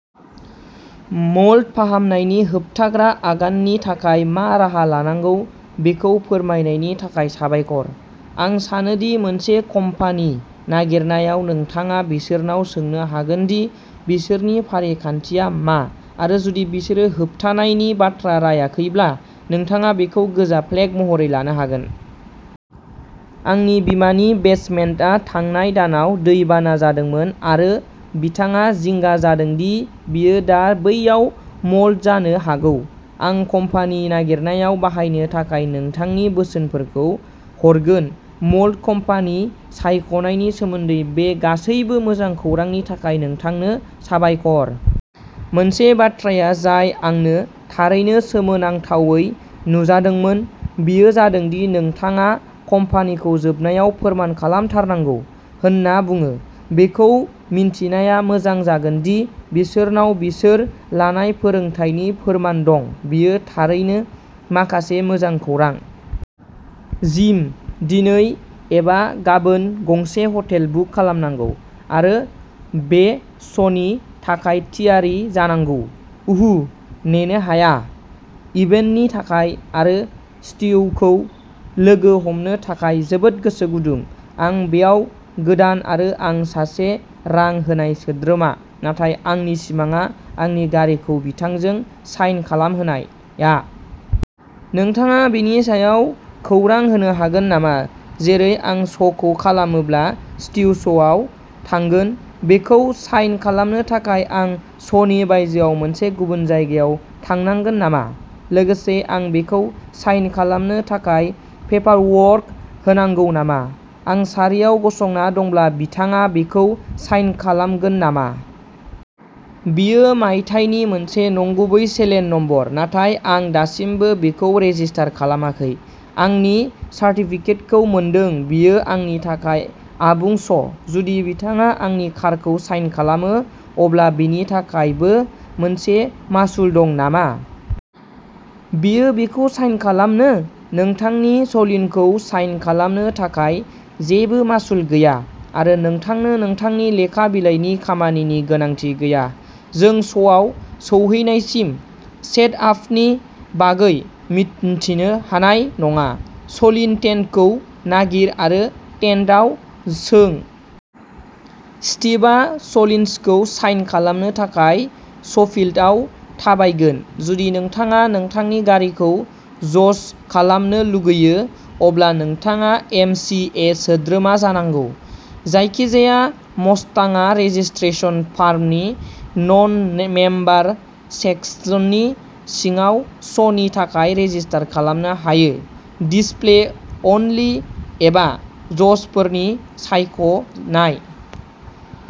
Mould फाहामनायनि होबथाग्रा आगाननि थाखाय मा राहा लानांगौ बेखौ फोरमायनायनि थाखाय साबायखर। आं सानो दि मोनसे कम्पानि नागिरनायाव नोंथाङा बिसोरनाव सोंनो हागोन दि बिसोरनि फारिखान्थिआ मा, आरो जुदि बिसोरो होबथानायनि बाथ्रा रायाखैब्ला नोंथाङा बेखौ गोजा फ्लेग महरै लानो हागोन। आंनि बिमानि बेसमेन्टआ थांनाय दानाव दैबाना जादोंमोन आरो बिथाङा जिंगा जादों दि बियो दा बैयाव मोल्ड जानो हागौ। आं कम्पानी नागिरनायाव बाहायनो थाखाय नोंथांनि बोसोनफोरखौ हरगोन। मोल्ड कम्पानि सायख'नायनि सोमोन्दै बे गासैबो मोजां खौरांनि थाखाय नोंथांनो साबायखर! मोनसे बाथ्राया जाय आंनो थारैनो सोमोनांथावै नुजादोंमोन बेयो जादों दि नोंथाङा कम्पानिखौ जोबनायाव फोरमान खालामथारनांगौ होनना बुङो। बेखौ मिन्थिनाया मोजां जागोन दि बिसोरनाव बिसोर लानाय फोरोंथायनि फोरमान दं। बेयो थारैनो माखासे मोजां खौरां। जिम! दिनै एबा गाबोन गंसे हटेल बुक खालामनांगौ आरो बे श'नि थाखाय थियारि जानांगौ! उहु! नेनो हाया! इभेन्टनि थाखाय आरो स्टीवखौ लोगो हमनो थाखाय जोबोद गोसो गुदुं!! आं बेयाव गोदान आरो आं सासे रां होनाय सोद्रोमा, नाथाय आंनि सिमांआ आंनि गारिखौ बिथांजों साइन खालामहोनाया। नोंथाङा बेनि सायाव खौरां होनो हागोन नामा जेरै आं श'खौ खालामोब्ला स्टीव श'आव थागोन? बेखौ साइन खालामनो थाखाय आं श'नि बायजोआव मोनसे गुबुन जायगायाव थांनांगोन नामा? लोगोसे आं बेखौ साइन खालामनो थाखाय पेपारवर्क होनांगौ नामा, आं सारियाव गसंना दंब्ला बिथाङा बेखौ साइन खालामगोन नामा। बेयो मायथाइनि मोनसे नंगुबै सेलेन नम्बर नाथाय आं दासिमबो बेखौ रेजिस्टार खालामाखै, आंनि सार्टिफिकेटखौ मोनदों। बेयो आंनि थाखाय आबुं श ', जुदि बिथाङा आंनि खारखौ साइन खालामो, अब्ला बेनि थाखायबो मोनसे मासुल दं नामा? बियो बेखौ साइन खालामनो? नोंथांनि सलीनखौ साइन खालामनो थाखाय जेबो मासुल गैया, आरो नोंथांनो नोंथांनि लेखा बिलाइनि खामानिनि गोनांथि गैया। जों श'आव सौहैनायसिम सेटआपनि बागै मिन्थिनो हानाय नङा। सलीन टेन्टखौ नागिर आरो टेन्टआव सों। स्टिभआ सलिन्सखौ साइन खालामनो थाखाय श'फील्डआव थाबायगोन। जुदि नोंथाङा नोंथांनि गारिखौ जज खालामनो लुगैयो, अब्ला नोंथाङा एम. चि. ए. सोद्रोमा जानांगौ। जायखिजाया मस्टांआ रेजिस्ट्रेशन फर्मनि नन-मेम्बार सेक्सननि सिङाव श'नि थाखाय रेजिस्टार खालामनो हायो-डिसप्ले अनलि एबा जजफोरनि सायख'नाय।